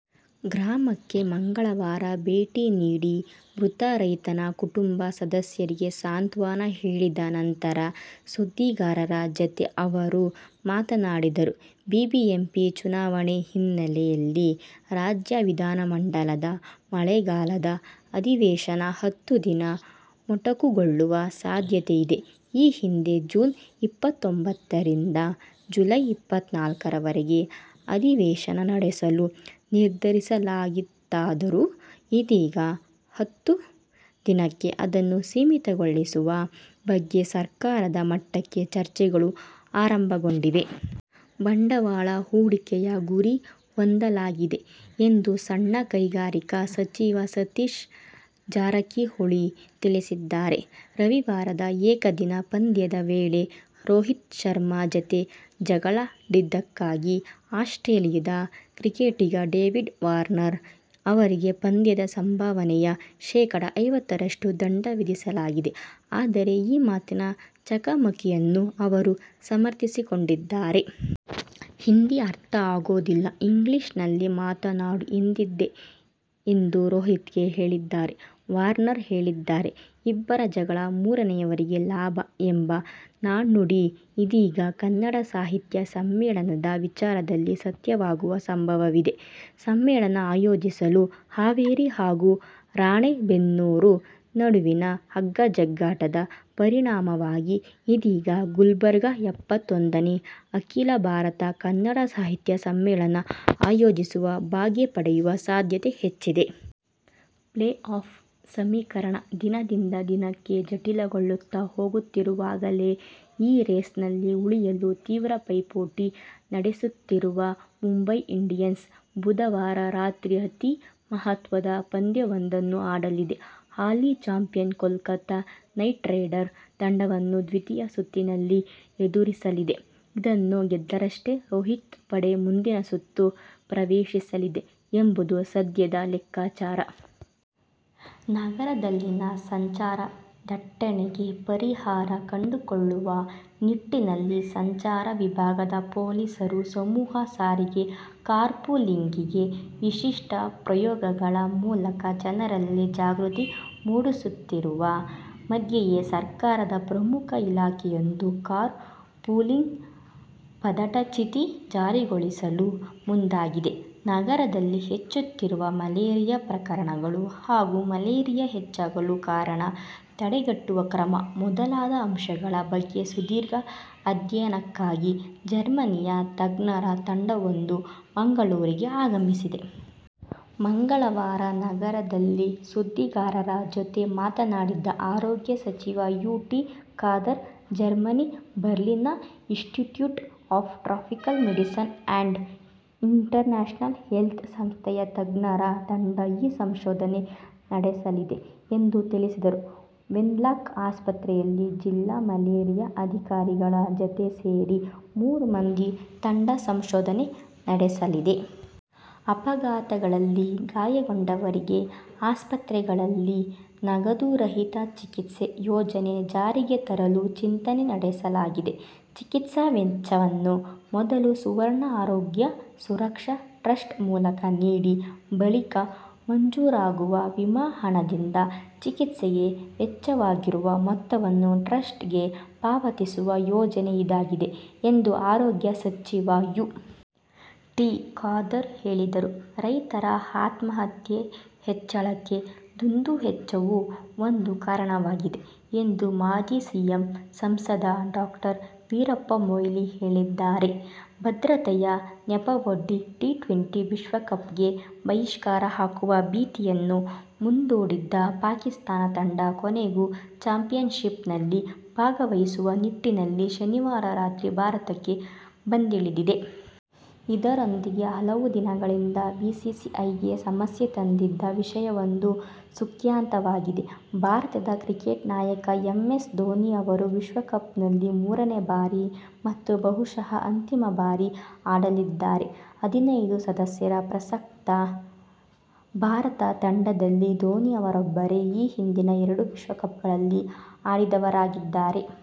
ಗ್ರಾಮಕ್ಕೆ ಮಂಗಳವಾರ ಭೇಟಿ ನೀಡಿ, ಮೃತ ರೈತನ ಕುಟುಂಬ ಸದಸ್ಯರಿಗೆ ಸಾಂತ್ವನ ಹೇಳಿದ ನಂತರ ಸುದ್ದಿಗಾರರ ಜತೆ ಅವರು ಮಾತನಾಡಿದರು. ಬಿಬಿಎಂಪಿ ಚುನಾವಣೆ ಹಿನ್ನೆಲೆಯಲ್ಲಿ ರಾಜ್ಯ ವಿಧಾನಮಂಡಲದ ಮಳೆಗಾಲದ ಅಧಿವೇಶನ ಹತ್ತು ದಿನ ಮೊಟಕುಗೊಳ್ಳುವ ಸಾಧ್ಯತೆಯಿದೆ. ಈ ಹಿಂದೆ ಜೂನ್ ಇಪ್ಪತ್ತೊಂಬತ್ತರಿಂದ ಜುಲೈ ಇಪ್ಪತ್ನಾಲ್ಕರವರೆಗೆ ಅಧಿವೇಶನ ನಡೆಸಲು ನಿರ್ಧರಿಸಲಾಗಿತ್ತಾದರೂ ಇದೀಗ ಹತ್ತು ದಿನಕ್ಕೆ ಅದನ್ನು ಸೀಮಿತಗೊಳಿಸುವ ಬಗ್ಗೆ ಸರ್ಕಾರದ ಮಟ್ಟದಲ್ಲಿ ಚರ್ಚೆಗಳು ಆರಂಭಗೊಂಡಿವೆ. ಬಂಡವಾಳ ಹೂಡಿಕೆಯ ಗುರಿ ಹೊಂದಲಾಗಿದೆ ಎಂದು ಸಣ್ಣ ಕೈಗಾರಿಕಾ ಸಚಿವ ಸತೀಶ್ ಜಾರಕಿಹೊಳಿ ತಿಳಿಸಿದ್ದಾರೆ. ರವಿವಾರದ ಏಕದಿನ ಪಂದ್ಯದ ವೇಳೆ ರೋಹಿತ್ ಶರ್ಮ ಜತೆ ಜಗಳಾಡಿದ್ದಕ್ಕಾಗಿ ಆಸ್ಟ್ರೇಲಿಯದ ಕ್ರಿಕೆಟಿಗ ಡೇವಿಡ್ ವಾರ್ನರ್ ಅವರಿಗೆ ಪಂದ್ಯದ ಸಂಭಾವನೆಯ ಶೇಖಡ ಐವತ್ತರಷ್ಟು ದಂಡ ವಿಧಿಸಲಾಗಿದೆ ಆದರೆ ಈ ಮಾತಿನ ಚಕಮಕಿಯನ್ನು ಅವರು ಸಮರ್ಥಿಸಿಕೊಂಡಿದ್ದಾರೆ. "ಹಿಂದಿ ಅರ್ಥ ಆಗೋದಿಲ್ಲ. ಇಂಗ್ಲಿಷ್ನಲ್ಲಿ ಮಾತನಾಡು ಎಂದಿದ್ದೆ' ಎಂದು ರೋಹಿತ್ಗೆ ಹೇಳಿದ್ದಾಗಿ ವಾರ್ನರ್ ಹೇಳಿದ್ದಾರೆ. ಇಬ್ಬರ ಜಗಳ ಮೂರನೆಯವರಿಗೆ ಲಾಭ ಎಂಬ ನಾಣ್ಣುಡಿ ಇದೀಗ ಕನ್ನಡ ಸಾಹಿತ್ಯ ಸಮ್ಮೇಳನದ ವಿಚಾರದಲ್ಲಿ ಸತ್ಯವಾಗುವ ಸಂಭವವಿದೆ. ಸಮ್ಮೇಳನ ಆಯೋಜಿಸಲು ಹಾವೇರಿ ಹಾಗೂ ರಾಣೆಬೆನ್ನೂರು ನಡುವಿನ ಹಗ್ಗ-ಜಗ್ಗಾಟದ ಪರಿಣಾಮವಾಗಿ ಇದೀಗ ಗುಲ್ಬರ್ಗ ಎಂಬತ್ತೊಂದನೇ ಅಖೀಲ ಭಾರತ ಕನ್ನಡ ಸಾಹಿತ್ಯ ಸಮ್ಮೇಳನ ಆಯೋಜಿಸುವ ಭಾಗ್ಯ ಪಡೆಯುವ ಸಾಧ್ಯತೆ ಹೆಚ್ಚಿದೆ. ಪ್ಲೇ-ಆಫ್ ಸಮೀಕರಣ ದಿನದಿಂದ ದಿನಕ್ಕೆ ಜಟಿಲಗೊಳ್ಳುತ್ತ ಹೋಗುತ್ತಿರುವಾಗಲೇ ಈ ರೇಸ್ನಲ್ಲಿ ಉಳಿಯಲು ತೀವ್ರ ಪೈಪೋಟಿ ನಡೆಸುತ್ತಿರುವ ಮುಂಬೈ ಇಂಡಿಯನ್ಸ್ ಬುಧವಾರ ರಾತ್ರಿ ಅತೀ ಮಹತ್ವದ ಪಂದ್ಯವೊಂದನ್ನು ಆಡಲಿದೆ. ಹಾಲಿ ಚಾಂಪಿಯನ್ ಕೋಲ್ಕತಾ ನೈಟ್ರೈಡರ್ ತಂಡವನ್ನು ದ್ವಿತೀಯ ಸುತ್ತಿನಲ್ಲಿ ಎದುರಿಸಲಿದೆ. ಇದನ್ನು ಗೆದ್ದರಷ್ಟೇ ರೋಹಿತ್ ಪಡೆ ಮುಂದಿನ ಸುತ್ತು ಪ್ರವೇಶಿಸಲಿದೆ ಎಂಬುದು ಸದ್ಯದ ಲೆಕ್ಕಾಚಾರ. ನಗರದಲ್ಲಿನ ಸಂಚಾರ ದಟ್ಟಣೆಗೆ ಪರಿಹಾರ ಕಂಡುಕೊಳ್ಳುವ ನಿಟ್ಟಿನಲ್ಲಿ ಸಂಚಾರ ವಿಭಾಗದ ಪೊಲೀಸರು ಸಮೂಹ ಸಾರಿಗೆ, ಕಾರ್ಪೂಲಿಂಗ್ಹೀಗೆ ವಿಶಿಷ್ಟ ಪ್ರಯೋಗಗಳ ಮೂಲಕ ಜನರಲ್ಲಿ ಜಾಗೃತಿ ಮೂಡಿಸುತ್ತಿರುವ ಮಧ್ಯೆಯೇ ಸರ್ಕಾರದ ಪ್ರಮುಖ ಇಲಾಖೆಯೊಂದು ಕಾರ್ ಪೂಲಿಂಗ್ ಪದಟಛಿತಿ ಜಾರಿಗೊಳಿಸಲು ಮುಂದಾಗಿದೆ. ನಗರದಲ್ಲಿ ಹೆಚ್ಚುತ್ತಿರುವ ಮಲೇರಿಯಾ ಪ್ರಕರಣಗಳು ಹಾಗೂ ಮಲೇರಿಯಾ ಹೆಚ್ಚಾಗಲು ಕಾರಣ, ತಡೆಗಟ್ಟುವ ಕ್ರಮ ಮೊದಲಾದ ಅಂಶಗಳ ಬಗ್ಗೆ ಸುದೀರ್ಘ ಅಧ್ಯಯನಕ್ಕಾಗಿ ಜರ್ಮನಿಯ ತಜ್ಞರ ತಂಡವೊಂದು ಮಂಗಳೂರಿಗೆ ಆಗಮಿಸಿದೆ. ಮಂಗಳವಾರ ನಗರದಲ್ಲಿ ಸುದ್ದಿಗಾರರ ಜತೆ ಮಾತನಾಡಿದ ಆರೋಗ್ಯ ಸಚಿವ ಯು. ಟಿ. ಖಾದರ್, ಜರ್ಮನಿ ಬರ್ಲಿನ್ನ Institute of Tropical Medicine and International Health ಸಂಸ್ಥೆಯ ತಜ್ಞರ ತಂಡ ಈ ಸಂಶೋಧನೆ ನಡೆಸಲಿದೆ ಎಂದು ತಿಳಿಸಿದರು. ವೆನ್ಲಾಕ್ ಆಸ್ಪತ್ರೆಯಲ್ಲಿ ಜಿಲ್ಲಾ ಮಲೇರಿಯಾ ಅಧಿಕಾರಿಗಳ ಜತೆ ಸೇರಿ ಮೂರು ಮಂದಿ ತಂಡ ಸಂಶೋಧನೆ ನಡೆಸಲಿದೆ. ಅಪಘಾತಗಳಲ್ಲಿ ಗಾಯಗೊಂಡವರಿಗೆ ಆಸ್ಪತ್ರೆಗಳಲ್ಲಿ ನಗದು ರಹಿತ ಚಿಕಿತ್ಸೆ ಯೋಜನೆ ಜಾರಿಗೆ ತರಲು ಚಿಂತನೆ ನಡೆಸಲಾಗಿದೆ. ಚಿಕಿತ್ಸಾ ವೆಚ್ಚವನ್ನು ಮೊದಲು ಸುವರ್ಣ ಆರೋಗ್ಯ ಸುರಕ್ಷಾ ಟ್ರಸ್ಟ್ ಮೂಲಕ ನೀಡಿ ಬಳಿಕ ಮಂಜೂರಾಗುವ ವಿಮಾ ಹಣದಿಂದ ಚಿಕಿತ್ಸೆಗೆ ವೆಚ್ಚವಾಗಿರುವ ಮೊತ್ತವನ್ನು ಟ್ರಸ್ಟ್ ಗೆ ಪಾವತಿಸುವ ಯೋಜನೆ ಇದಾಗಿದೆ ಎಂದು ಆರೋಗ್ಯ ಸಚಿವ ಯು. ಟಿ. ಖಾದರ್ ಹೇಳಿದರು. ರೈತರ ಆತ್ಮಹತ್ಯೆ ಹೆಚ್ಚಳಕ್ಕೆ ದುಂದುವೆಚ್ಚವೂ ಒಂದು ಕಾರಣವಾಗಿದೆ ಎಂದು ಮಾಜಿ ಸಿಎಂ, ಸಂಸದ ಡಾ. ವೀರಪ್ಪ ಮೊಯ್ಲಿ ಹೇಳಿದ್ದಾರೆ. ಭದ್ರತೆಯ ನೆಪವೊಡ್ಡಿ, ಟಿ ಟ್ವೆಂಟಿ ವಿಶ್ವಕಪ್ಗೆ ಬಹಿಷ್ಕಾರ ಹಾಕುವ ಭೀತಿಯನ್ನೂ ಮುಂದೊಡ್ಡಿದ್ದ ಪಾಕಿಸ್ತಾನ ತಂಡ, ಕೊನೆಗೂ ಚಾಂಪಿಯನ್ಶಿಪ್ನಲ್ಲಿ ಭಾಗವಹಿಸುವ ನಿಟ್ಟಿನಲ್ಲಿ ಶನಿವಾರ ರಾತ್ರಿ ಭಾರತಕ್ಕೆ ಬಂದಿಳಿದಿದೆ. ಇದರೊಂದಿಗೆ ಹಲವು ದಿನಗಳಿಂದ ಬಿಸಿಸಿಐಗೆ ಸಮಸ್ಯೆ ತಂದಿದ್ದ ವಿಷಯವೊಂದು ಸುಖಾಂತ್ಯವಾಗಿದೆ. ಭಾರತದ ಕ್ರಿಕೆಟ್ ನಾಯಕ ಎಂ. ಎಸ್. ಧೋನಿ ಅವರು ವಿಶ್ವಕಪ್ನಲ್ಲಿ ಮೂರನೆ ಬಾರಿ ಮತ್ತು ಬಹುಶಃ ಅಂತಿಮ ಬಾರಿ ಆಡಲಿದ್ದಾರೆ. ಹದಿನೈದು ಸದಸ್ಯರ ಪ್ರಸಕ್ತ ಭಾರತ ತಂಡದಲ್ಲಿ ಧೋನಿ ಅವರೊಬ್ಬರೇ ಈ ಹಿಂದಿನ ಎರಡು ವಿಶ್ವಕಪ್ಗ್ಳಲ್ಲಿ ಆಡಿದವರಾಗಿದ್ದಾರೆ.